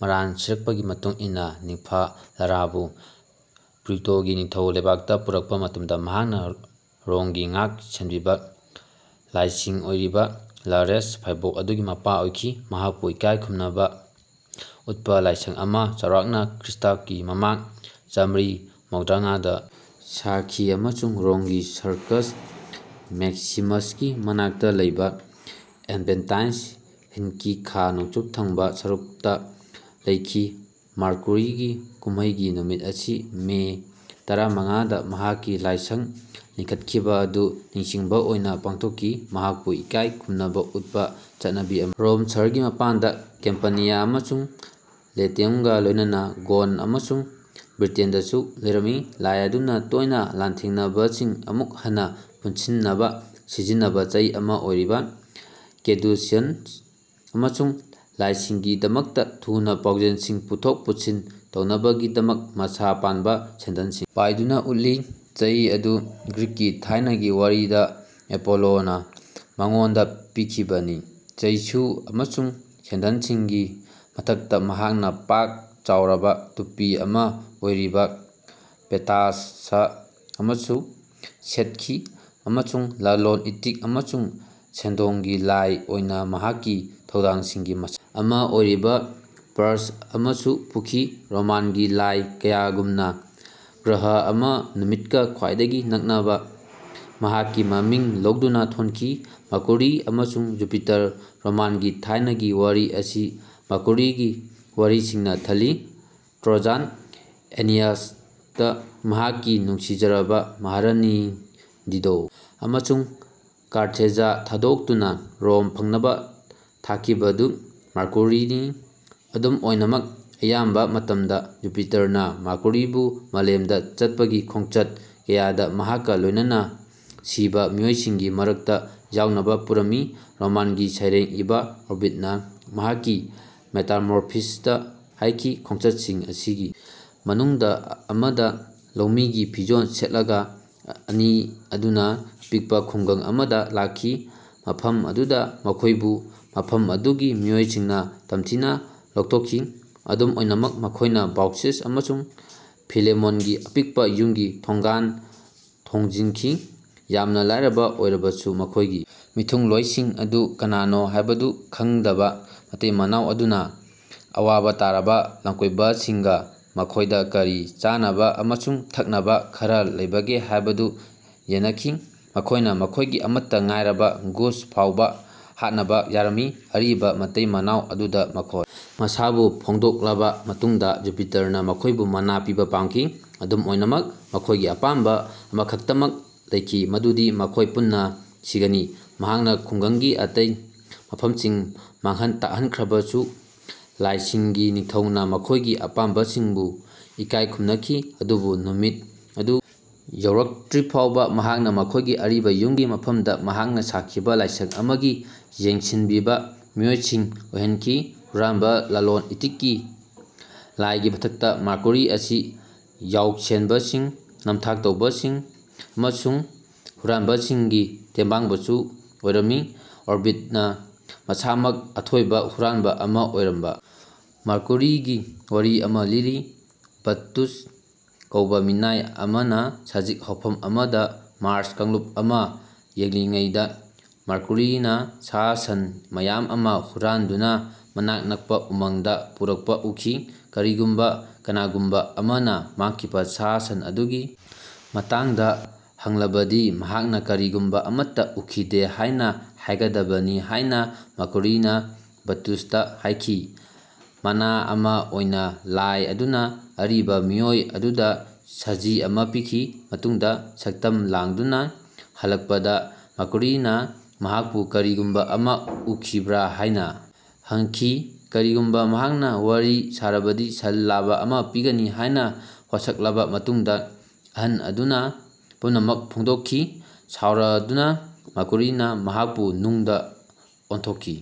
ꯃꯔꯥꯜ ꯁꯤꯔꯛꯄꯒꯤ ꯃꯇꯨꯡ ꯏꯟꯅ ꯅꯤꯝꯐ ꯂꯥꯔꯥꯕꯨ ꯄ꯭ꯂꯨꯇꯣꯒꯤ ꯅꯤꯡꯊꯧ ꯂꯩꯕꯥꯛꯇ ꯄꯨꯔꯛꯄ ꯃꯇꯝꯗ ꯃꯍꯥꯛꯅ ꯔꯣꯝꯒꯤ ꯉꯥꯛ ꯁꯦꯟꯕꯤꯕ ꯂꯥꯏꯁꯤꯡ ꯑꯣꯏꯔꯤꯕ ꯂꯥꯔꯦꯁ ꯐꯥꯏꯕꯣꯛ ꯑꯗꯨꯒꯤ ꯃꯄꯥ ꯑꯣꯏꯈꯤ꯫ ꯃꯍꯥꯛꯄꯨ ꯏꯀꯥꯏ ꯈꯨꯝꯅꯕ ꯎꯠꯄ ꯂꯥꯏꯁꯪ ꯑꯃ ꯆꯥꯎꯔꯥꯛꯅ ꯈ꯭ꯔꯤꯁ꯭ꯇꯒꯤ ꯃꯃꯥꯡ ꯆꯥꯃ꯭ꯔꯤ ꯃꯧꯗ꯭ꯔꯥꯉꯥꯗ ꯁꯥꯈꯤ ꯑꯃꯁꯨꯡ ꯔꯣꯝꯒꯤ ꯁꯔꯀꯁ ꯃꯦꯛꯁꯤꯃꯁꯀꯤ ꯃꯅꯥꯛꯇ ꯂꯩꯕ ꯑꯦꯚꯦꯟꯇꯥꯏꯟ ꯍꯤꯜꯒꯤ ꯈꯥ ꯅꯣꯡꯆꯨꯞ ꯊꯪꯕ ꯁꯔꯨꯛꯇ ꯂꯩꯈꯤ꯫ ꯃꯥꯔꯀ꯭ꯌꯨꯔꯤꯒꯤ ꯀꯨꯝꯍꯩꯒꯤ ꯅꯨꯃꯤꯠ ꯑꯁꯤ ꯃꯦ ꯇꯔꯥꯃꯉꯥꯗ ꯃꯍꯥꯛꯀꯤ ꯂꯥꯏꯁꯪ ꯂꯤꯡꯈꯠꯈꯤꯕ ꯑꯗꯨ ꯅꯤꯡꯁꯤꯡꯕ ꯑꯣꯏꯅ ꯄꯥꯡꯊꯣꯛꯈꯤ꯫ ꯃꯍꯥꯛꯄꯨ ꯏꯀꯥꯏ ꯈꯨꯝꯅꯕ ꯎꯠꯄ ꯆꯠꯅꯕꯤ ꯑꯃ ꯔꯣꯝ ꯁꯍꯔꯒꯤ ꯃꯄꯥꯟꯗ ꯀꯦꯝꯄꯥꯅꯤꯌꯥ ꯑꯃꯁꯨꯡ ꯂꯦꯇꯤꯌꯝꯒ ꯂꯣꯏꯅꯅ ꯒꯧꯜ ꯑꯃꯁꯨꯡ ꯕ꯭ꯔꯤꯇꯦꯟꯗꯁꯨ ꯂꯩꯔꯝꯃꯤ꯫ ꯂꯥꯏ ꯑꯗꯨꯅ ꯇꯣꯏꯅ ꯂꯥꯟꯊꯦꯡꯅꯕꯁꯤꯡ ꯑꯃꯨꯛ ꯍꯟꯅ ꯄꯨꯟꯁꯤꯟꯅꯕ ꯁꯤꯖꯤꯟꯅꯕ ꯆꯩ ꯑꯃ ꯑꯣꯏꯔꯤꯕ ꯀꯦꯗꯨꯁꯤꯌꯁ ꯑꯃꯁꯨꯡ ꯂꯥꯏꯁꯤꯡꯒꯤꯗꯃꯛꯇ ꯊꯨꯅ ꯄꯥꯎꯖꯦꯜꯁꯤꯡ ꯄꯨꯊꯣꯛ ꯄꯨꯁꯤꯟ ꯇꯧꯅꯕꯒꯤꯗꯃꯛ ꯃꯁꯥ ꯄꯥꯟꯕ ꯁꯦꯟꯗꯜꯁꯤꯡ ꯄꯥꯏꯗꯨꯅ ꯎꯠꯂꯤ꯫ ꯆꯩ ꯑꯗꯨ ꯒ꯭ꯔꯤꯛꯀꯤ ꯊꯥꯏꯅꯒꯤ ꯋꯥꯔꯤꯗ ꯑꯦꯄꯣꯂꯣꯅ ꯃꯉꯣꯟꯗ ꯄꯤꯈꯤꯕꯅꯤ꯫ ꯆꯩꯁꯨ ꯑꯃꯁꯨꯡ ꯁꯦꯟꯗꯜꯁꯤꯡꯒꯤ ꯃꯊꯛꯇ ꯃꯍꯥꯛꯅ ꯄꯥꯛ ꯆꯥꯎꯔꯕ ꯇꯨꯄꯤ ꯑꯃ ꯑꯣꯏꯔꯤꯕ ꯄꯦꯇꯥꯁꯁ ꯑꯃꯁꯨ ꯁꯦꯠꯈꯤ ꯑꯃꯁꯨꯡ ꯂꯂꯣꯟ ꯏꯇꯤꯛ ꯑꯃꯁꯨꯡ ꯁꯦꯟꯗꯣꯡꯒꯤ ꯂꯥꯏ ꯑꯣꯏꯅ ꯃꯍꯥꯛꯀꯤ ꯊꯧꯗꯥꯡꯁꯤꯡꯒꯤ ꯃꯁꯛ ꯑꯃ ꯑꯣꯏꯔꯤꯕ ꯄꯔ꯭ꯁ ꯑꯃꯁꯨ ꯄꯨꯈꯤ꯫ ꯔꯣꯃꯥꯟꯒꯤ ꯂꯥꯏ ꯀꯌꯥꯒꯨꯝꯅ ꯒ꯭ꯔꯍ ꯑꯃ ꯅꯨꯃꯤꯠꯀ ꯈ꯭ꯋꯥꯏꯗꯒꯤ ꯅꯛꯅꯕ ꯃꯍꯥꯛꯀꯤ ꯃꯃꯤꯡ ꯂꯧꯗꯨꯅ ꯊꯣꯟꯈꯤ꯫ ꯃꯔꯀ꯭ꯌꯨꯔꯤ ꯑꯃꯁꯨꯡ ꯖꯨꯄꯤꯇꯔ ꯔꯣꯃꯥꯟꯒꯤ ꯊꯥꯏꯅꯒꯤ ꯋꯥꯔꯤ ꯑꯁꯤ ꯃꯔꯀ꯭ꯌꯨꯔꯤꯒꯤ ꯋꯥꯔꯤꯁꯤꯡꯅ ꯊꯜꯂꯤ꯫ ꯇ꯭ꯔꯣꯖꯥꯟ ꯑꯦꯅꯤꯌꯥꯁꯇ ꯃꯍꯥꯛꯀꯤ ꯅꯨꯡꯁꯤꯖꯔꯕ ꯃꯍꯥꯔꯥꯅꯤ ꯗꯤꯗꯣ ꯑꯃꯁꯨꯡ ꯀꯥꯔꯊꯦꯖ ꯊꯥꯗꯣꯛꯇꯨꯅ ꯔꯣꯝ ꯐꯪꯅꯕ ꯊꯥꯈꯤꯕꯗꯨ ꯃꯥꯔꯀ꯭ꯌꯨꯔꯤꯅꯤ꯫ ꯑꯗꯨꯝ ꯑꯣꯏꯅꯃꯛ ꯑꯌꯥꯝꯕ ꯃꯇꯝꯗ ꯖꯨꯄꯤꯇꯔꯅ ꯃꯥꯔꯀ꯭ꯌꯨꯔꯤꯕꯨ ꯃꯥꯂꯦꯝꯗ ꯆꯠꯄꯒꯤ ꯈꯣꯡꯆꯠ ꯀꯌꯥꯗ ꯃꯍꯥꯛꯀ ꯂꯣꯏꯅꯅ ꯁꯤꯕ ꯃꯤꯑꯣꯏꯁꯤꯡꯒꯤ ꯃꯔꯛꯇ ꯌꯥꯎꯅꯕ ꯄꯨꯔꯝꯃꯤ꯫ ꯔꯣꯃꯥꯟꯒꯤ ꯁꯩꯔꯦꯡ ꯏꯕ ꯑꯣꯕꯤꯗꯅ ꯃꯍꯥꯛꯀꯤ ꯃꯦꯇꯥꯃꯣꯔꯐꯣꯁꯤꯁꯇ ꯍꯥꯏꯈꯤ ꯈꯣꯡꯆꯠꯁꯤꯡ ꯑꯁꯤꯒꯤ ꯃꯅꯨꯡꯗ ꯑꯃꯗ ꯂꯧꯃꯤꯒꯤ ꯐꯤꯖꯣꯜ ꯁꯦꯠꯂꯒ ꯑꯅꯤ ꯑꯗꯨꯅ ꯑꯄꯤꯛꯄ ꯈꯨꯡꯒꯪ ꯑꯃꯗ ꯂꯥꯛꯈꯤ ꯃꯐꯝ ꯑꯗꯨꯗ ꯃꯈꯣꯏꯕꯨ ꯃꯐꯝ ꯑꯗꯨꯒꯤ ꯃꯤꯑꯣꯏꯁꯤꯡꯅ ꯇꯝꯊꯤꯅ ꯂꯧꯊꯣꯛꯈꯤ꯫ ꯑꯗꯨꯝ ꯑꯣꯏꯅꯃꯛ ꯃꯈꯣꯏꯅ ꯕꯥꯎꯁꯤꯁ ꯑꯃꯁꯨꯡ ꯐꯤꯂꯦꯃꯣꯟꯒꯤ ꯑꯄꯤꯛꯄ ꯌꯨꯝꯒꯤ ꯊꯣꯡꯒꯥꯜ ꯊꯣꯡꯖꯤꯟꯈꯤ꯫ ꯌꯥꯝꯅ ꯂꯥꯏꯔꯕ ꯑꯣꯏꯔꯕꯁꯨ ꯃꯈꯣꯏꯒꯤ ꯃꯤꯊꯨꯡꯂꯣꯏꯁꯤꯡ ꯑꯗꯨ ꯀꯅꯥꯅꯣ ꯍꯥꯏꯕꯗꯨ ꯈꯪꯗꯕ ꯃꯇꯩ ꯃꯅꯥꯎ ꯑꯗꯨꯅ ꯑꯋꯥꯕ ꯇꯥꯔꯕ ꯂꯝꯀꯣꯏꯕꯁꯤꯡꯒ ꯃꯈꯣꯏꯗ ꯀꯔꯤ ꯆꯥꯅꯕ ꯑꯃꯁꯨꯡ ꯊꯛꯅꯕ ꯈꯔ ꯂꯩꯕꯒꯦ ꯍꯥꯏꯕꯗꯨ ꯌꯦꯟꯅꯈꯤ꯫ ꯃꯈꯣꯏꯅ ꯃꯈꯣꯏꯒꯤ ꯑꯃꯠꯇ ꯉꯥꯏꯔꯕ ꯒꯨꯁ ꯐꯥꯎꯕ ꯍꯥꯠꯅꯕ ꯌꯥꯔꯝꯃꯤ꯫ ꯑꯔꯤꯕ ꯃꯇꯩ ꯃꯅꯥꯎ ꯑꯗꯨꯗ ꯃꯈꯣꯏ ꯃꯁꯥꯕꯨ ꯐꯣꯡꯗꯣꯛꯂꯕ ꯃꯇꯨꯡꯗ ꯖꯨꯄꯤꯇꯔꯅ ꯃꯈꯣꯏꯕꯨ ꯃꯅꯥ ꯄꯤꯕ ꯄꯥꯝꯈꯤ꯫ ꯑꯗꯨꯝ ꯑꯣꯏꯅꯃꯛ ꯃꯈꯣꯏꯒꯤ ꯑꯄꯥꯝꯕ ꯑꯃꯈꯛꯇꯃꯛ ꯂꯩꯈꯤ ꯃꯗꯨꯗꯤ ꯃꯈꯣꯏ ꯄꯨꯟꯅ ꯁꯤꯒꯅꯤ꯫ ꯃꯍꯥꯛꯅ ꯈꯨꯡꯒꯪꯒꯤ ꯑꯇꯩ ꯃꯐꯝꯁꯤꯡ ꯃꯥꯡꯍꯟ ꯇꯥꯛꯍꯟꯈ꯭ꯔꯕꯁꯨ ꯂꯥꯏꯁꯤꯡꯒꯤ ꯅꯤꯡꯊꯧꯅ ꯃꯈꯣꯏꯒꯤ ꯑꯄꯥꯝꯕꯁꯤꯡꯕꯨ ꯏꯀꯥꯏ ꯈꯨꯝꯅꯈꯤ ꯑꯗꯨꯕꯨ ꯅꯨꯃꯤꯠ ꯑꯗꯨ ꯌꯧꯔꯛꯇ꯭ꯔꯤꯐꯥꯎꯕ ꯃꯍꯥꯛꯅ ꯃꯈꯣꯏꯒꯤ ꯑꯔꯤꯕ ꯌꯨꯝꯒꯤ ꯃꯐꯝꯗ ꯃꯍꯥꯛꯅ ꯁꯥꯈꯤꯕ ꯂꯥꯏꯁꯪ ꯑꯃꯒꯤ ꯌꯦꯡꯁꯤꯟꯕꯤꯕ ꯃꯤꯑꯣꯏꯁꯤꯡ ꯑꯣꯏꯍꯟꯈꯤ꯫ ꯍꯨꯔꯥꯟꯕ ꯂꯂꯣꯟ ꯏꯇꯤꯛꯀꯤ ꯂꯥꯏꯒꯤ ꯃꯊꯛꯇ ꯃꯥꯔꯀ꯭ꯌꯨꯔꯤ ꯑꯁꯤ ꯌꯥꯎꯁꯦꯟꯕꯁꯤꯡ ꯅꯝꯊꯥꯛ ꯇꯧꯕꯁꯤꯡ ꯑꯃꯁꯨꯡ ꯍꯨꯔꯥꯟꯕꯁꯤꯡꯒꯤ ꯇꯦꯡꯕꯥꯡꯕꯁꯨ ꯑꯣꯏꯔꯝꯃꯤ꯫ ꯑꯣꯚꯤꯗꯅ ꯃꯁꯥꯃꯛ ꯑꯊꯣꯏꯕ ꯍꯨꯔꯥꯟꯕ ꯑꯃꯥ ꯑꯣꯏꯔꯝꯕ ꯃꯔꯀ꯭ꯌꯨꯔꯤꯒꯤ ꯋꯥꯔꯤ ꯑꯃ ꯂꯤꯔꯤ꯫ ꯕꯠꯇꯨꯁ ꯀꯧꯕ ꯃꯤꯅꯥꯏ ꯑꯃꯅ ꯁꯖꯤꯛ ꯍꯧꯐꯝ ꯑꯃꯗ ꯃꯥꯔ꯭ꯁ ꯀꯥꯡꯂꯨꯞ ꯑꯃ ꯌꯦꯡꯂꯤꯉꯩꯗ ꯃꯔꯀ꯭ꯌꯨꯔꯤꯅ ꯁꯥ ꯁꯟ ꯃꯌꯥꯝ ꯑꯃ ꯍꯨꯔꯥꯟꯗꯨꯅ ꯃꯅꯥꯛ ꯅꯛꯄ ꯎꯃꯪꯗ ꯄꯨꯔꯛꯄ ꯎꯈꯤ꯫ ꯀꯔꯤꯒꯨꯝꯕ ꯀꯅꯥꯒꯨꯝꯕ ꯑꯃꯅ ꯃꯥꯡꯈꯤꯕ ꯁꯥ ꯁꯟ ꯑꯗꯨꯒꯤ ꯃꯇꯥꯡꯗ ꯍꯪꯂꯕꯗꯤ ꯃꯍꯥꯛꯅ ꯀꯔꯤꯒꯨꯝꯕ ꯑꯃꯠꯇ ꯎꯈꯤꯗꯦ ꯍꯥꯏꯅ ꯍꯥꯏꯒꯗꯕꯅꯤ ꯍꯥꯏꯅ ꯃꯥꯔꯀ꯭ꯌꯨꯔꯤꯅ ꯕꯠꯇꯨꯁꯇ ꯍꯥꯏꯈꯤ꯫ ꯃꯅꯥ ꯑꯃ ꯑꯣꯏꯅ ꯂꯥꯏ ꯑꯗꯨꯅ ꯑꯔꯤꯕ ꯃꯤꯑꯣꯏ ꯑꯗꯨꯗ ꯁꯖꯤ ꯑꯃ ꯄꯤꯈꯤ꯫ ꯃꯇꯨꯡꯗ ꯁꯛꯇꯝ ꯂꯥꯡꯗꯨꯅ ꯍꯜꯂꯛꯄꯗ ꯃꯔꯀ꯭ꯌꯨꯔꯤꯅ ꯃꯍꯥꯛꯄꯨ ꯀꯔꯤꯒꯨꯝꯕ ꯑꯃ ꯎꯈꯤꯕ꯭ꯔꯥ ꯍꯥꯏꯅ ꯍꯪꯈꯤ꯫ ꯀꯔꯤꯒꯨꯝꯕ ꯃꯍꯥꯛꯅ ꯋꯥꯔꯤ ꯁꯥꯔꯕꯗꯤ ꯁꯟ ꯂꯥꯕ ꯑꯃ ꯄꯤꯒꯅꯤ ꯍꯥꯏꯅ ꯋꯥꯁꯛꯂꯕ ꯃꯇꯨꯡꯗ ꯑꯍꯜ ꯑꯗꯨꯅ ꯄꯨꯝꯅꯃꯛ ꯐꯣꯡꯗꯣꯛꯈꯤ꯫ ꯁꯥꯎꯔꯗꯨꯅ ꯃꯔꯀ꯭ꯌꯨꯔꯤꯅ ꯃꯍꯥꯛꯄꯨ ꯅꯨꯡꯗ ꯑꯣꯟꯊꯣꯛꯈꯤ꯫